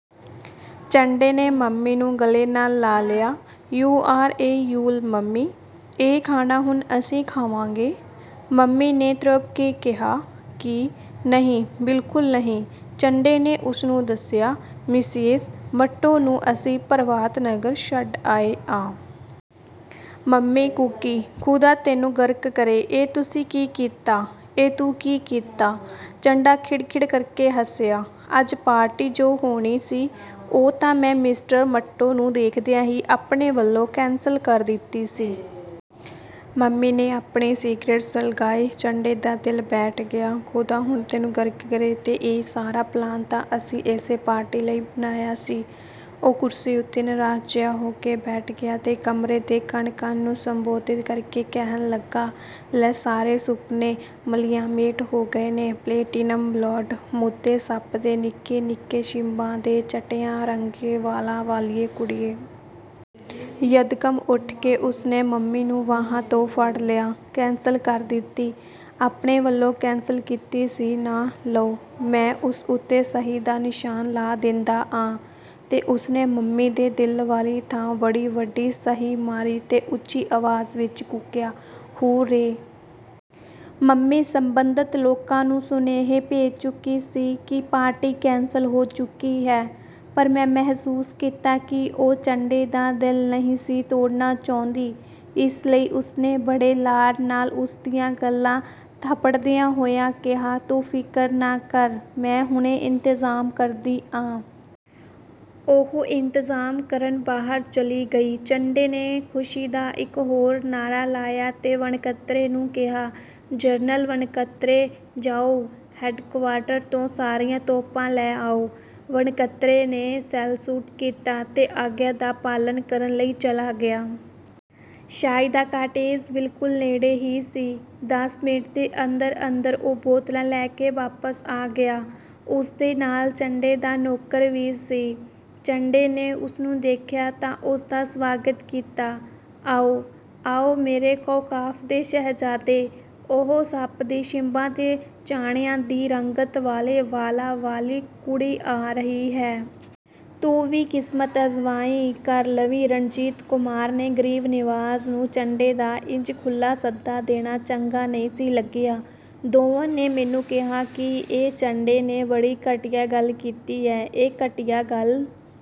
ਚੱਡੇ ਨੇ ਮੰਮੀ ਨੂੰ ਗਲੇ ਨਾਲ ਲਾ ਲਿਆ, you are a jewel mummy! ਇਹ ਖਾਣਾ ਹੁਣ ਅਸੀਂ ਖਾਵਾਂਗੇ। " ਮੰਮੀ ਨੇ ਤ੍ਰਬਕ ਕੇ ਕਿਹਾ, "ਕੀ? ਨਹੀਂ, ਬਿਲਕੁਲ ਨਹੀਂ। "ਚੱਡੇ ਨੇ ਉਸਨੂੰ ਦੱਸਿਆ, "ਮਿਸੇਜ ਮੰਟੋ ਨੂੰ ਅਸੀਂ ਪ੍ਰਭਾਤ ਨਗਰ ਛੱਡ ਆਏ ਆਂ। " ਮੰਮੀ ਕੂਕੀ, "ਖ਼ੁਦਾ ਤੈਨੂੰ ਗਰਕ ਕਰੇ ਇਹ ਤੁਸੀਂ ਕੀ ਕੀਤਾ, ਇਹ ਤੂੰ ਕੀ ਕੀਤਾ? ਚੱਡਾ ਖਿੜਖਿੜ ਕਰਕੇ ਹੱਸਿਆ, "ਅੱਜ ਪਾਰਟੀ ਜੋ ਹੋਣੀ ਸੀ।" "ਉਹ ਤਾਂ ਮੈਂ ਮਿਸਟਰ ਮੰਟੋ ਨੂੰ ਦੇਖਦਿਆਂ ਹੀ ਆਪਣੇ ਵੱਲੋਂ ਕੈਂਸਲ ਕਰ ਦਿੱਤੀ ਸੀ। "ਮੰਮੀ ਨੇ ਆਪਣੀ ਸਿਗਰੇਟ ਸੁਲਗਾਈ। ਚੱਡੇ ਦਾ ਦਿਲ ਬੈਠ ਗਿਆ। "ਖ਼ੁਦਾ ਹੁਣ ਤੈਨੂੰ ਗਰਕ ਕਰੇ ਤੇ ਇਹ ਸਾਰਾ ਪਲਾਨ ਤਾਂ ਅਸੀਂ ਇਸੇ ਪਾਰਟੀ ਲਈ ਬਣਾਇਆ ਸੀ। "ਉਹ ਕੁਰਸੀ ਉੱਤੇ ਨਿਰਾਸ਼ ਜਿਹਾ ਹੋ ਕੇ ਬੈਠ ਗਿਆ ਤੇ ਕਮਰੇ ਦੇ ਕਣ-ਕਣ ਨੂੰ ਸੰਬੋਧਤ ਕਰਕੇ ਕਹਿਣ ਲੱਗਾ, "ਲੈ, ਸਾਰੇ ਸੁਪਨੇ ਮਲੀਆਮੇਟ ਹੋ ਗਏ ਨੇ, ਪਲੇਟੀਨਮ ਬਲੌਂਡ, ਮੂਧੇ ਸੱਪ ਦੇ ਨਿੱਕੇ-ਨਿੱਕੇ ਛਿੰਭਾਂ ਤੇ ਚਟਿਆ ਰੰਗੇ ਵਾਲਾਂ ਵਾਲੀਏ ਕੁੜੀਏ। "ਯਕਦਮ ਉੱਠ ਕੇ ਉਸਨੇ ਮੰਮੀ ਨੂੰ ਬਾਹਾਂ ਤੋਂ ਫੜ੍ਹ ਲਿਆ, "ਕੈਂਸਲ ਕਰ ਦਿੱਤੀ, ਆਪਣੇ ਵੱਲੋਂ ਕੈਂਸਲ ਕੀਤੀ ਸੀ ਨਾ। ਲਓ, ਮੈਂ ਉਸ ਉੱਤੇ ਸਹੀ ਦਾ ਨਿਸ਼ਾਨ ਲਾ ਦੇਂਦਾ ਆਂ। "ਤੇ ਉਸਨੇ ਮੰਮੀ ਦੇ ਦਿਲ ਵਾਲੀ ਥਾਂ ਬੜੀ ਵੱਡੀ ਸਹੀ ਮਾਰੀ ਤੇ ਉੱਚੀ ਆਵਾਜ਼ ਵਿਚ ਕੂਕਿਆ, "ਹੁਰ-ਰੇ! " ਮੰਮੀ ਸਬੰਧਤ ਲੋਕਾਂ ਨੂੰ ਸੁਨੇਹੇ ਭੇਜ ਚੁੱਕੀ ਸੀ ਕਿ ਪਾਰਟੀ ਕੈਂਸਲ ਹੋ ਚੁੱਕੀ ਹੈ। ਪਰ ਮੈਂ ਮਹਿਸੂਸ ਕੀਤਾ ਕਿ ਉਹ ਚੱਡੇ ਦਾ ਦਿਲ ਨਹੀਂ ਸੀ ਤੋੜਨਾ ਚਾਹੁੰਦੀ। ਇਸ ਲਈ ਉਸਨੇ ਬੜੇ ਲਾਡ ਨਾਲ ਉਸ ਦੀਆਂ ਗੱਲ੍ਹਾਂ ਥਾਪੜਦਿਆਂ ਹੋਇਆਂ ਕਿਹਾ, "ਤੂੰ ਫਿਕਰ ਨਾ ਕਰ ਮੈਂ ਹੁਣੇ ਇੰਤਜ਼ਾਮ ਕਰਦੀ ਆਂ। " ਉਹ ਇੰਤਜ਼ਾਮ ਕਰਨ ਬਾਹਰ ਚਲੀ ਗਈ। ਚੱਡੇ ਨੇ ਖੁਸ਼ੀ ਦਾ ਇਕ ਹੋਰ ਨਾਅਰਾ ਲਾਇਆ ਤੇ ਵਣਕਤਰੇ ਨੂੰ ਕਿਹਾ, "ਜਨਰਲ ਵਣਕਤਰੇ ਜਾਓ, ਹੈਡਕਵਾਰਟਰ ਤੋਂ ਸਾਰੀਆਂ ਤੋਪਾਂ ਲੈ ਆਓ। "ਵਣਕਤਰੇ ਨੇ ਸੈਲਸੂਟ ਕੀਤਾ ਤੇ ਆਗਿਆ ਦਾ ਪਾਲਨ ਕਰਨ ਲਈ ਚਲਾ ਗਿਆ। ਸਈਦਾ ਕਾਟੇਜ ਬਿਲਕੁਲ ਨੇੜੇ ਹੀ ਸੀ। ਦਸ ਮਿੰਟ ਦੇ ਅੰਦਰ-ਅੰਦਰ ਉਹ ਬੋਤਲਾਂ ਲੈ ਕੇ ਵਾਪਸ ਆ ਗਿਆ। ਉਸਦੇ ਨਾਲ ਚੱਡੇ ਦਾ ਨੌਕਰ ਵੀ ਸੀ। ਚੱਡੇ ਨੇ ਉਸਨੂੰ ਦੇਖਿਆ ਤਾਂ ਉਸਦਾ ਸਵਾਗਤ ਕੀਤਾ, "ਆਓ, ਆਓ ਮੇਰੇ ਕੋਹਕਾਫ ਦੇ ਸ਼ਹਿਜ਼ਾਦੇ" ਉਹ ਸੱਪ ਦੇ ਛਿੰਬਾਂ ਤੇ ਚਾਣਿਆਂ ਦੀ ਰੰਗਤ ਵਾਲੇ ਵਾਲਾਂ ਵਾਲੀ ਕੁੜੀ ਆ ਰਹੀ ਹੈ। ਤੂੰ ਵੀ ਕਿਸਮਤ ਆਜਮਾਈ ਕਰ ਲਵੀਂ। "ਰਣਜੀਤ ਕੁਮਾਰ ਤੇ ਗਰੀਬ ਨਿਵਾਜ ਨੂੰ ਚੱਡੇ ਦਾ ਇੰਜ ਖੁੱਲ੍ਹਾ ਸੱਦਾ ਦੇਣਾ ਚੰਗਾ ਨਹੀਂ ਸੀ ਲੱਗਿਆ। ਦੋਵਾਂ ਨੇ ਮੈਨੂੰ ਕਿਹਾ ਕਿ ਇਹ ਚੱਡੇ ਨੇ ਬੜੀ ਘਟੀਆ ਗੱਲ ਕੀਤੀ ਹੈ। ਇਹ ਘਟੀਆ ਗੱਲ